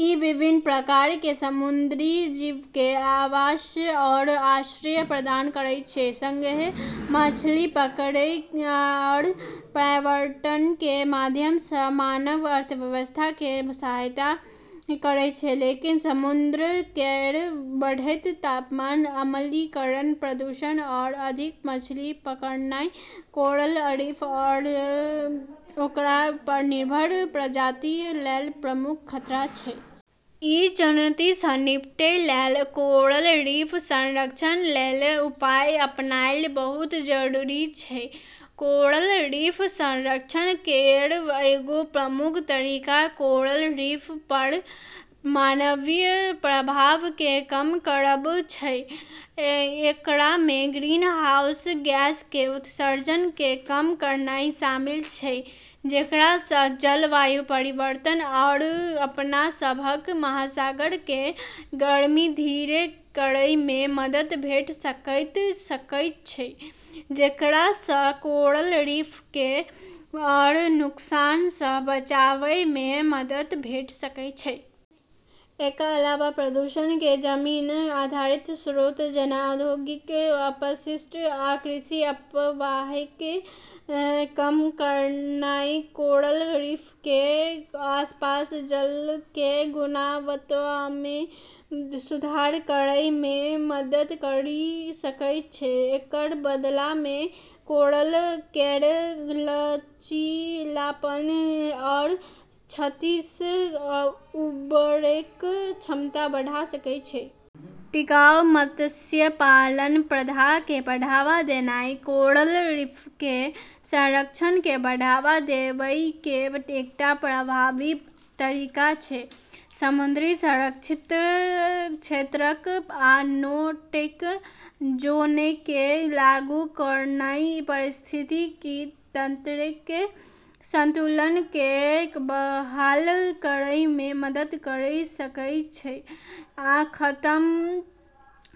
ई विभिन्न प्रकारके समुद्री जीवके आवास आओर आश्रय प्रदान करै छै, सङ्गहेँ मछली पकड़ै आओर पर्यटनके माध्यमसँ मानव अर्थव्यवस्थाके सहायता करै छै। लेकिन, समुद्र केर बढ़ैत तापमान, अम्लीकरण, प्रदूषण, आओर अधिक मछली पकड़नाइ कोरल रीफ आओर ओकरा पर निर्भर प्रजाति लेल प्रमुख खतरा छै। ई चुनौतिसँ निपटै लेल कोरल रीफ संरक्षण लेल उपाय अपनेनाइ बहुत जरूरी छै। कोरल रीफ संरक्षण केर एगो प्रमुख तरीका कोरल रीफ पर मानवीय प्रभावके कम करब छै। एकरामे ग्रीनहाउस गैसके उत्सर्जनके कम करनाइ शामिल छै, जेकरासँ जलवायु परिवर्तन आओर अपनसभक महासागरके गर्मीके धीरे करैमे मदद भेट सकैत सकै छै, जेकरासँ कोरल रीफके आओर नुकसानसँ बचाबैमे मदद भेट सकै छै। एकर अलावा, प्रदूषणके जमीन आधारित स्रोत, जेना औद्योगिक अपशिष्ट आ कृषि अपवाहके कम करनाइ कोरल रीफके आसपास जलके गुणवत्तामे सुधार करैमे मदद करि सकै छै। एकर बदलामे कोरल केर लचीलापन आओर क्षतिसँ उबरैक क्षमता बढ़ा सकै छै। टिकाऊ मत्स्य पालन प्रथाके बढ़ावा देनाइ कोरल रीफके संरक्षणके बढ़ावा देबैके एकटा प्रभावी तरीका छै। समुद्री संरक्षित क्षेत्रक आ नो-टेक जोनके लागू करनाइ पारिस्थितिकी तंत्रके संतुलनके बहाल करैमे मदद करि सकै छै आ खतम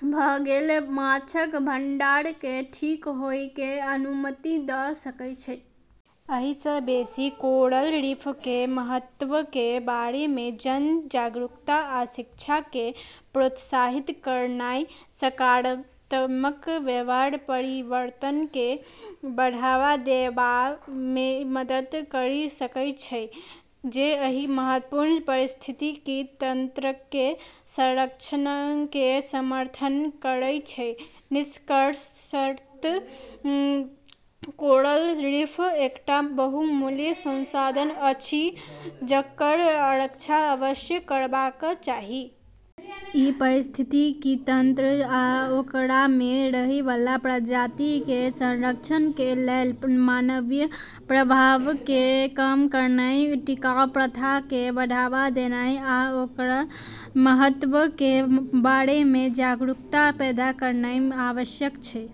भ' गेल माछक भंडारके ठीक होइके अनुमति द' सकै छै। अइसँ बेशी, कोरल रीफके महत्वके बारेमे जन जागरूकता आ शिक्षाके प्रोत्साहित करनाइ सकारात्मक व्यवहार परिवर्तनके बढ़ावा देबामे मदद करि सकै छै जे एहि महत्वपूर्ण पारिस्थितिकी तंत्रके संरक्षणके समर्थन करै छै। निष्कर्षतः कोरल रीफ एकटा बहुमूल्य संसाधन अछि जकर रक्षा अवश्य करबाक चाही। ई पारिस्थितिकी तंत्र आ ओकरामे रहैबला प्रजातिके संरक्षणके लेल मानवीय प्रभावके कम करनाइ, टिकाऊ प्रथाके बढ़ावा देनाइ आ ओकर महत्वके बारेमे जागरूकता पैदा करनाइ आवश्यक छै।